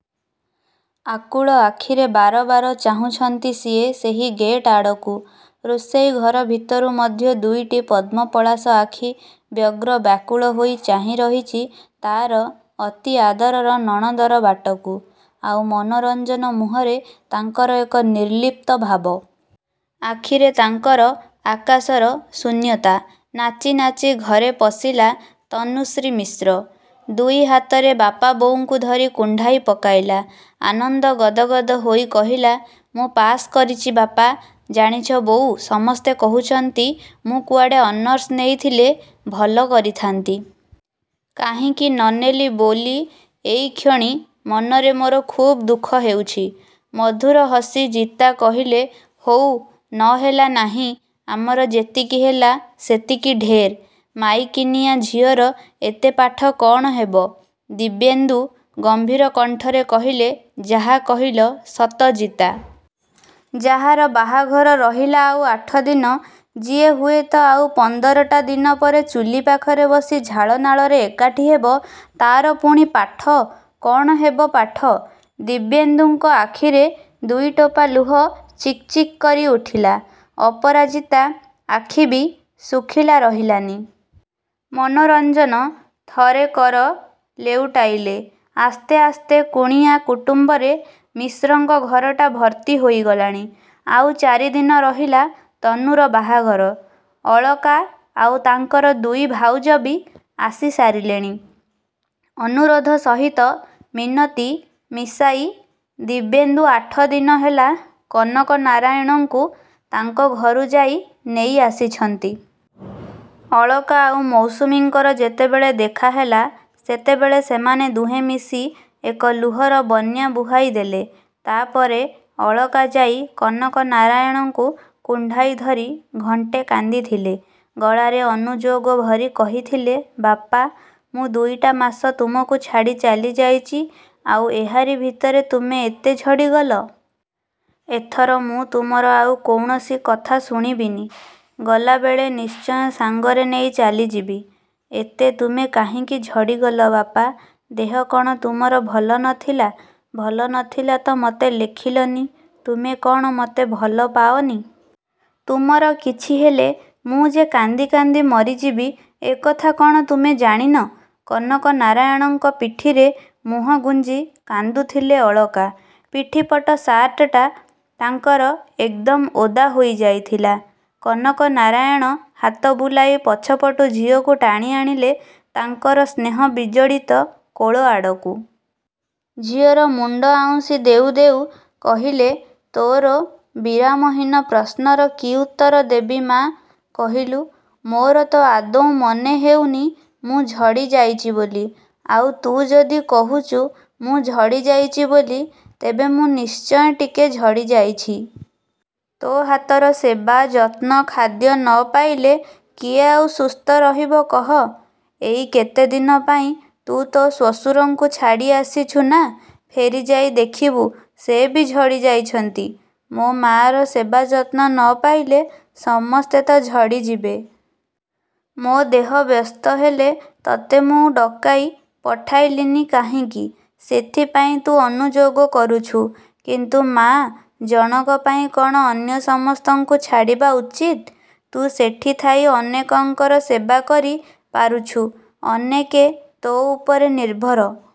ଆକୁଳ ଆଖିରେ ବାର ବାର ଚାହୁଁଛନ୍ତି ସିଏ ସେହି ଗେଟ୍ ଆଡ଼କୁ। ରୋଷେଇ ଘର ଭିତରୁ ମଧ୍ୟ ଦୁଇଟି ପଦ୍ମପଳାଶ ଆଖି ବ୍ୟଗ୍ର ବ୍ୟାକୁଳ ହୋଇ ଚାହିଁ ରହିଛି ତା'ର ଅତି ଆଦରର ନଣନ୍ଦର ବାଟକୁ। ଆଉ ମନୋରଞ୍ଜନ, ମୁହଁରେ ତାଙ୍କର ଏକ ନିର୍ଲିପ୍ତ ଭାବ। ଆଖିରେ ତାଙ୍କର ଆକାଶର ଶୂନ୍ୟତା। ନାଚି ନାଚି ଘରେ ପଶିଲା ତନୁଶ୍ରୀ ମିଶ୍ର। ଦୁଇ ହାତରେ ବାପା ବୋଉଙ୍କୁ ଧରି କୁଣ୍ଢାଇ ପକାଇଲା। ଆନନ୍ଦ ଗଦ ଗଦ ହୋଇ କହିଲା ମୁଁ ପାସ୍ କରିଛି ବାପା। ଜାଣିଛ ବୋଉ, ସମସ୍ତେ କହୁଛନ୍ତି ମୁଁ କୁଆଡ଼େ ଅନର୍ସ ନେଇଥିଲେ ଭଲ କରିଥାନ୍ତି। କାହିଁକି ନ ନେଲି ବୋଲି ଏଇକ୍ଷଣି ମନରେ ମୋର ଖୁବ୍ ଦୁଃଖ ହେଉଛି। ମଧୁର ହସି ଜିତା କହିଲେ ହଉ, ନ ହେଲା ନାହିଁ। ଆମର ଯେତିକି ହେଲା, ସେତିକି ଢେର୍। ମାଇକିନିଆ ଝିଅର ଏତେ ପାଠ କ'ଣ ହେବ। ଦିବ୍ୟେନ୍ଦୁ ଗମ୍ଭୀର କଣ୍ଠରେ କହିଲେ ଯାହା କହିଲ ସତ ଜିତା। ଯାହାର ବାହାଘର ରହିଲା ଆଉ ଆଠଦିନ, ଯିଏ ହୁଏତ ଆଉ ପନ୍ଦରଟା ଦିନ ପରେ ଚୁଲି ପାଖରେ ବସି ଝାଳ ନାଳରେ ଏକାଠି ହେବ, ତା'ର ପୁଣି ପାଠ, କ'ଣ ହେବ ପାଠ। ଦିବ୍ୟେନ୍ଦୁଙ୍କ ଆଖିରେ ଦୁଇଟୋପା ଲୁହ ଚିକ୍ ଚିକ୍ କରି ଉଠିଲା। ଅପରାଜିତା ଆଖି ବି ଶୁଖିଲା ରହିଲାନି। ମନୋରଞ୍ଜନ ଥରେ କର ଲେଉଟାଇଲେ। ଆସ୍ତେ ଆସ୍ତେ କୁଣିଆ କୁଟୁମ୍ବରେ ମିଶ୍ରଙ୍କ ଘରଟା ଭର୍ତ୍ତି ହୋଇଗଲାଣି। ଆଉ ଚାରିଦିନ ରହିଲା ତନୁର ବାହାଘର। ଅଳକା ଆଉ ତାଙ୍କର ଦୁଇ ଭାଉଜ ବି ଆସି ସାରିଲେଣି। ଅନୁରୋଧ ସହିତ ମିନତି ମିଶାଇ ଦିବ୍ୟେନ୍ଦୁ ଆଠଦିନ ହେଲା କନକ ନାରାୟଣଙ୍କୁ ତାଙ୍କ ଘରୁ ଯାଇ ନେଇ ଆସିଛନ୍ତି। ଅଳକା ଆଉ ମୌସୁମୀଙ୍କର ଯେତେବେଳେ ଦେଖାହେଲା, ସେତେବେଳେ ସେମାନେ ଦୁହେଁ ମିଶି ଏକ ଲୁହର ବନ୍ୟା ବୁହାଇ ଦେଲେ। ତା' ପରେ ଅଳକା ଯାଇ କନକନାରାୟଣଙ୍କୁ କୁଣ୍ଢାଇ ଧରି ଘଣ୍ଟେ କାନ୍ଦିଥିଲେ। ଗଳାରେ ଅନୁଯୋଗ ଭରି କହିଥିଲେ, ବାପା! ମୁଁ ଦୁଇଟା ମାସ ତୁମକୁ ଛାଡ଼ି ଚାଲି ଯାଇଛି ଆଉ ଏହାରି ଭିତରେ ତୁମେ ଏତେ ଝଡ଼ି ଗଲ! ଏଥର ମୁଁ ତୁମର ଆଉ କୌଣସି କଥା ଶୁଣିବିନି। ଗଲା ବେଳେ ନିଶ୍ଚୟ ସାଙ୍ଗରେ ନେଇ ଚାଲି ଯିବି। ଏତେ ତୁମେ କାହିଁକି ଝଡ଼ି ଗଲ ବାପା? ଦେହ କ'ଣ ତୁମର ଭଲ ନଥିଲା? ଭଲ ନଥିଲା ତ ମତେ ଲେଖିଲନି? ତୁମେ କ'ଣ ମତେ ଭଲ ପାଅନି? ତୁମର କିଛି ହେଲେ ମୁଁ ଯେ କାନ୍ଦି କାନ୍ଦି ମରିଯିବି ଏ କଥା କ'ଣ ତୁମେ ଜାଣିନ? କନକନାରାୟଣଙ୍କ ପିଠିରେ ମୁହଁ ଗୁଞ୍ଜି କାନ୍ଦୁଥିଲେ ଅଳକା। ପିଠିପଟ ସାର୍ଟଟା ତାଙ୍କର ଏକଦମ୍ ଓଦା ହୋଇ ଯାଇଥିଲା। କନକନାରାୟଣ ହାତ ବୁଲାଇ ପଛପଟୁ ଝିଅକୁ ଟାଣି ଆଣିଲେ ତାଙ୍କର ସ୍ନେହ ବିଜଡ଼ିତ କୋଳ ଆଡ଼କୁ। ଝିଅର ମୁଣ୍ଡ ଆଉଁସି ଦେଉ ଦେଉ କହିଲେ, ତୋର ବିରାମହୀନ ପ୍ରଶ୍ନର କି ଉତ୍ତର ଦେବି ମା' କହିଲୁ? ମୋର ତ ଆଦୌ ମନେ ହେଉନି ମୁଁ ଝଡ଼ି ଯାଇଛି ବୋଲି। ଆଉ ତୁ ଯଦି କହୁଛୁ ମୁଁ ଝଡ଼ି ଯାଇଛି ବୋଲି, ତେବେ ମୁଁ ନିଶ୍ଚୟ ଟିକେ ଝଡ଼ି ଯାଇଛି। ତୋ ହାତର ସେବା, ଯତ୍ନ, ଖାଦ୍ୟ ନ ପାଇଲେ କିଏ ଆଉ ସୁସ୍ଥ ରହିବ କହ? ଏଇ କେତେଦିନ ପାଇଁ ତୁ ତୋ ଶ୍ୱଶୁରଙ୍କୁ ଛାଡ଼ି ଆସିଛୁ ନା? ଫେରି ଯାଇ ଦେଖିବୁ ସେ ବି ଝଡ଼ି ଯାଇଛନ୍ତି। ମୋ ମାଆର ସେବା ଯତ୍ନ ନ ପାଇଲେ ସମସ୍ତେ ତ ଝଡ଼ି ଯିବେ। ମୋ ଦେହ ବ୍ୟସ୍ତ ହେଲେ ତତେ ମୁଁ ଡକାଇ ପଠାଇଲିନି କାହିଁକି ସେଥିପାଇଁ ତୁ ଅନୁଯୋଗ କରୁଛୁ। କିନ୍ତୁ ମାଆ ଜଣକ ପାଇଁ କ'ଣ ଅନ୍ୟ ସମସ୍ତଙ୍କୁ ଛାଡ଼ିବା ଉଚିତ? ତୁ ସେଠି ଥାଇ ଅନେକଙ୍କର ସେବା କରି ପାରୁଛୁ, ଅନେକେ ତୋ ଉପରେ ନିର୍ଭର।